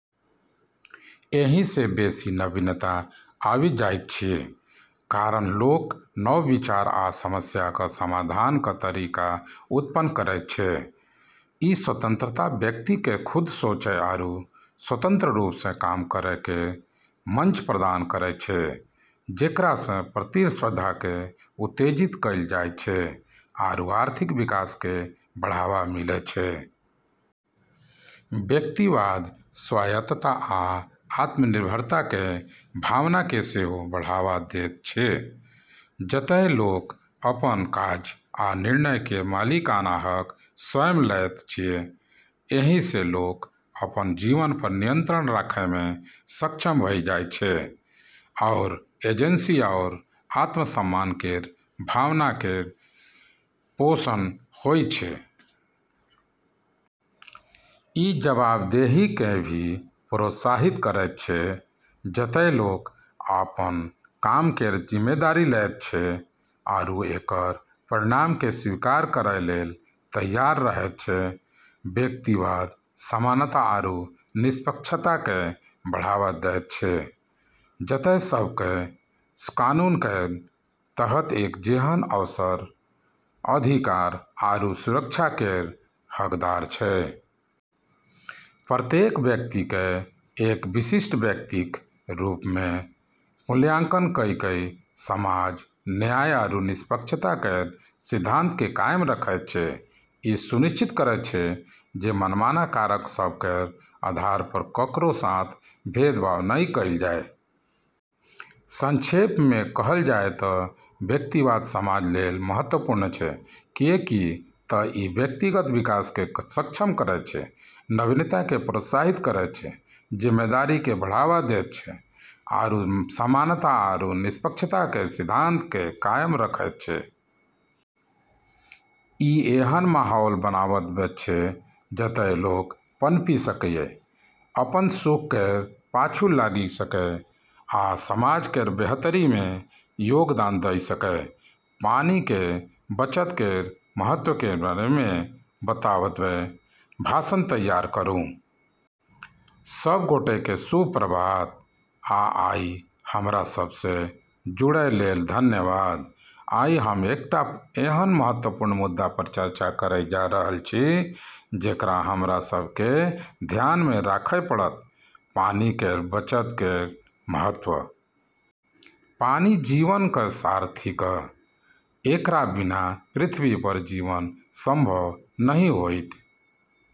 एहिसँ बेसी नवीनता आबि जाइत अछि, कारण लोक नव विचार आ समस्याक समाधानक तरीका उत्पन्न करैत अछि। ई स्वतंत्रता व्यक्तिकेँ खुद सोचै आरू स्वतंत्र रूपसँ काम करै केर मंच प्रदान करैत छै, जेकरासँ प्रतिस्पर्धाकेँ उत्तेजित कएल जाइत छै आरू आर्थिक विकासकेँ बढ़ावा मिलैत छै। व्यक्तिवाद स्वायत्तता आ आत्मनिर्भरता केर भावनाकेँ सेहो बढ़ावा दैत अछि, जतए लोक अपन काज आ निर्णय केर मालिकाना हक स्वयं लैत अछि। एहिसँ लोक अपन जीवनपर नियंत्रण राखैमे सक्षम भऽ जाइत अछि आओर एजेंसी आओर आत्मसम्मान केर भावना केर पोषण होइत अछि। ई जवाबदेहीकेँ भी प्रोत्साहित करैत छै, जतए लोक अपन काम केर जिम्मेदारी लैत छै आरू एकर परिणामकेँ स्वीकार करै लेल तैयार रहैत छै। व्यक्तिवाद समानता आरू निष्पक्षताकेँ बढ़ावा दैत छै, जतए सभकेँ कानून केर तहत एक जेहन अवसर, अधिकार, आरू सुरक्षा केर हकदार छै। प्रत्येक व्यक्तिकेँ एक विशिष्ट व्यक्तिक रूपमे मूल्यांकन कऽ कऽ समाज न्याय आरू निष्पक्षता केर सिद्धांतकेँ कायम रखैत छै, ई सुनिश्चित करैत छै जे मनमाना कारक सभ केर आधारपर ककरो साथ भेदभाव नहि कएल जाए। संक्षेपमे कहल जाए तऽ व्यक्तिवाद समाज लेल महत्वपूर्ण छै, किऐक तऽ ई व्यक्तिगत विकासकेँ सक्षम करैत छै, नवीनताकेँ प्रोत्साहित करैत छै, जिम्मेदारीकेँ बढ़ावा दैत छै, आरू समानता आरू निष्पक्षता केर सिद्धांतकेँ कायम रखैत छै। ई एहन माहौल बनाबैत अछि जतए लोक पनपि सकए, अपन सुख केर पाछू लागि सकए, आ समाज केर बेहतरीमे योगदान दऽ सकए। पानि केर बचत केर महत्व केर बारेमे बताबैत भाषण तैयार करू। सब गोटेकेँ शुभ प्रभात, आ आइ हमरा सबसँ जुड़ै लेल धन्यवाद। आइ हम एकटा एहन महत्वपूर्ण मुद्दापर चर्चा करै जा रहल छी जेकरा हमरा सभकेँ ध्यानमे राखै पड़त: पानि केर बचत केर महत्व। पानि जीवनक सार थिक; एकरा बिना पृथ्वीपर जीवन संभव नहि होइत।